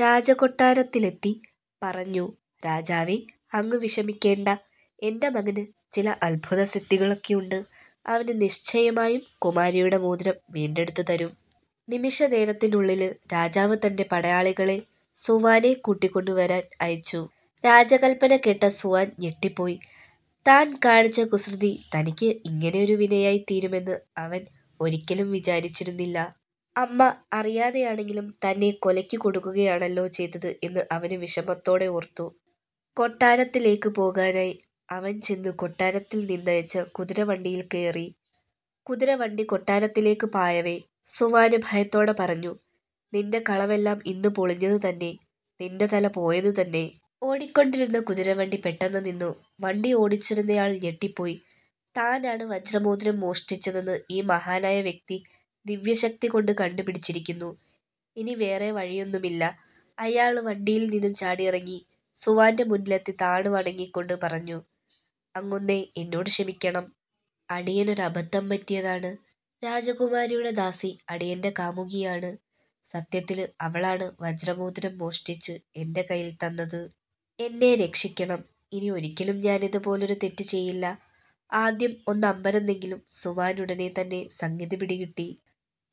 രാജകൊട്ടാരത്തിലെത്തി പറഞ്ഞു. "രാജാവേ, അങ്ങ് വിഷമിക്കേണ്ട. എന്റെ മകന് ചില അത്ഭുതസിദ്ധീകളൊക്കെയുണ്ട്. അവന് നിശ്ചയമായും കുമാരിയുടെ മോതിരം വീണ്ടെടുത്ത് തരും! " നിമിഷ നേരത്തിനുള്ളില് രാജാവ് തന്റെ പടയാളികളെ സുവാനെ കൂട്ടിക്കൊണ്ട് വരുവാന് അയച്ചു. രാജകല്പ്പന കേട്ട സുവാന് ഞെട്ടിപ്പോയി. താന് കാണിച്ച കുസൃതി തനിക്ക് ഇങ്ങനെ ഒരു വിനയായി തീരുമെന്ന് അവന് ഒരിയ്ക്കലും വിചാരിച്ചിരുന്നില്ല. അമ്മ അറിയാതെയാണെങ്കിലും തന്നെ കൊലയ്ക്ക് കൊടുക്കുകയാണല്ലോ ചെയ്തത് എന്ന് അവന് വിഷമത്തോടെ ഓര്ത്തു. കൊട്ടാരത്തിലേയ്ക്ക് പോകാനായി അവന് ചെന്ന് കൊട്ടാരത്തില് നിന്നായച്ച കുതിരവണ്ടിയില് കയറി. കുതിര വണ്ടി കൊട്ടാരത്തിലേയ്ക്ക് പായവേ, സുവാന് ഭയത്തോടെ പറഞ്ഞു. "നിന്റെ കളവെല്ലാം ഇന്ന് പൊളിഞ്ഞത് തന്നെ. നിന്റെ തല പോയത് തന്നെ! " ഓടിക്കൊണ്ടിരുന്ന കുതിരവണ്ടി പെട്ടെന്ന് നിന്നു. വണ്ടി ഓടിച്ചിരുന്നയാള് ഞെട്ടിപ്പോയി. താനാണ് വജ്രമോതിരം മോഷ്ടിച്ചതെന്ന് ഈ മഹാനായ വ്യക്തി ദിവ്യ ശക്തി കൊണ്ട് കണ്ടുപിടിച്ചിരിക്കുന്നു. ഇനി വേറെ വഴിയൊന്നുമില്ല. അയാള് വണ്ടിയില് നിന്നും ചാടിയിറങ്ങി സുവാന്റെ മുന്നിലെത്തി താണ് വണങ്ങിക്കൊണ്ട് പറഞ്ഞു. "അങ്ങുന്നെ, എന്നോടു ക്ഷമിക്കണം. അടിയനോരബദ്ധം പറ്റിയതാണ്. രാജകുമാരിയുടെ ദാസി അടിയന്റെ കാമുകിയാണ്. സത്യത്തില് അവളാണ് വജ്ര മോതിരം മോഷ്ടിച്ച് എന്റെ കൈയില് തന്നത്. എന്നെ രക്ഷിക്കണം. ഇനി ഒരിയ്ക്കലും ഞാനിതു പോലൊരു തെറ്റ് ചെയ്യില്ല" ആദ്യം ഒന്നമ്പരന്നെങ്കിലും സുവാന് ഉടനെ തന്നെ സംഗതി പിടികിട്ടി.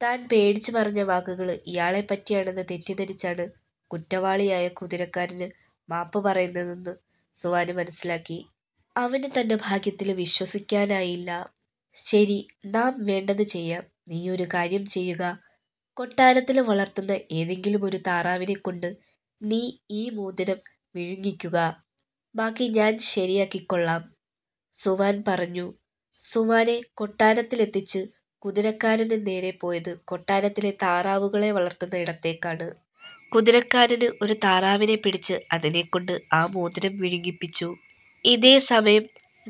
താന് പേടിച്ച് പറഞ്ഞ വാക്കുകള് ഇയാളെപറ്റിയാണെന്ന് തെറ്റിദ്ധരിച്ചാണ് കുറ്റവാളിയായ കുതിരക്കാരന് മാപ്പ് പറയുന്നതെന്ന് സുവാന് മനസ്സിലാക്കി. അവന് തന്റെ ഭാഗ്യത്തില് വിശ്വസിക്കാനായില്ല. "ശരി. നാം വേണ്ടത് ചെയ്യാം. നീ ഒരു കാര്യം ചെയ്യുക. കൊട്ടാരത്തില് വളര്ത്തുന്ന ഏതെങ്കിലും ഒരു താറാവിനെ കൊണ്ട് നീ ഈ മോതിരം വിഴുങ്ങിക്കുക. ബാക്കി ഞാന് ശരിയാക്കികൊള്ളാം. " സുവാന് പറഞ്ഞു. സുവാനെ കൊട്ടാരത്തിലെത്തിച്ച് കുതിരക്കാരന് നേരെ പോയത് കൊട്ടാരത്തിലെ താറാവുകളെ വളര്ത്തുന്ന ഇടത്തെക്കാണ്. കുതിരക്കാരന് ഒരു താറാവിനെ പിടിച്ച് അതിനെകൊണ്ട് ആ മോതിരം വിഴുങ്ങിപ്പിച്ചു. ഇതേ സമയം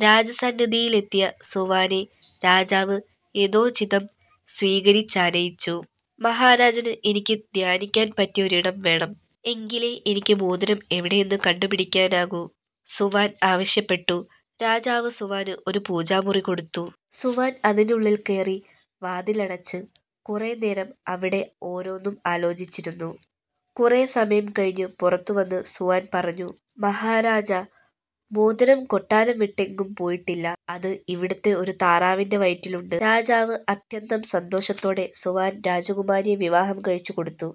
രാജസന്നിധിയിലെത്തിയ സുവാനെ രാജാവ് യഥോചിതം സ്വീകരിച്ചാനയിച്ചു. "മഹാരാജന്, എനിക്കു ധ്യാനിക്കാന് പറ്റിയ ഒരിടം വേണം. എങ്കിലേ എനിക്ക് മോതിരം എവിടെയെന്ന് കണ്ടുപിടിക്കാനാകൂ" സുവാന് ആവശ്യപ്പെട്ടു. രാജാവ് സുവാന് ഒരു പൂജാ മുറി കൊടുത്തു. സുവാന് അതിനുള്ളില് കയറി വാതിലടച്ച് കുറെ നേരം അവിടെ ഓരോന്നും ആലോചിച്ചിരുന്നു. കുറെ സമയം കഴിഞ്ഞു പുറത്തു വന്ന സുവാന് പറഞ്ഞു. "മഹാരാജന്, മോതിരം കൊട്ടാരം വിട്ട് എങ്ങും പോയിട്ടില്ല. അത് ഇവിടത്തെ ഒരു താറാവിന്റെ വയറ്റിലുണ്ട്! " രാജാവ് അത്യന്തം സന്തോഷത്തോടെ സുവാന് രാജകുമാരിയെ വിവാഹം കഴിച്ചു കൊടുത്തു.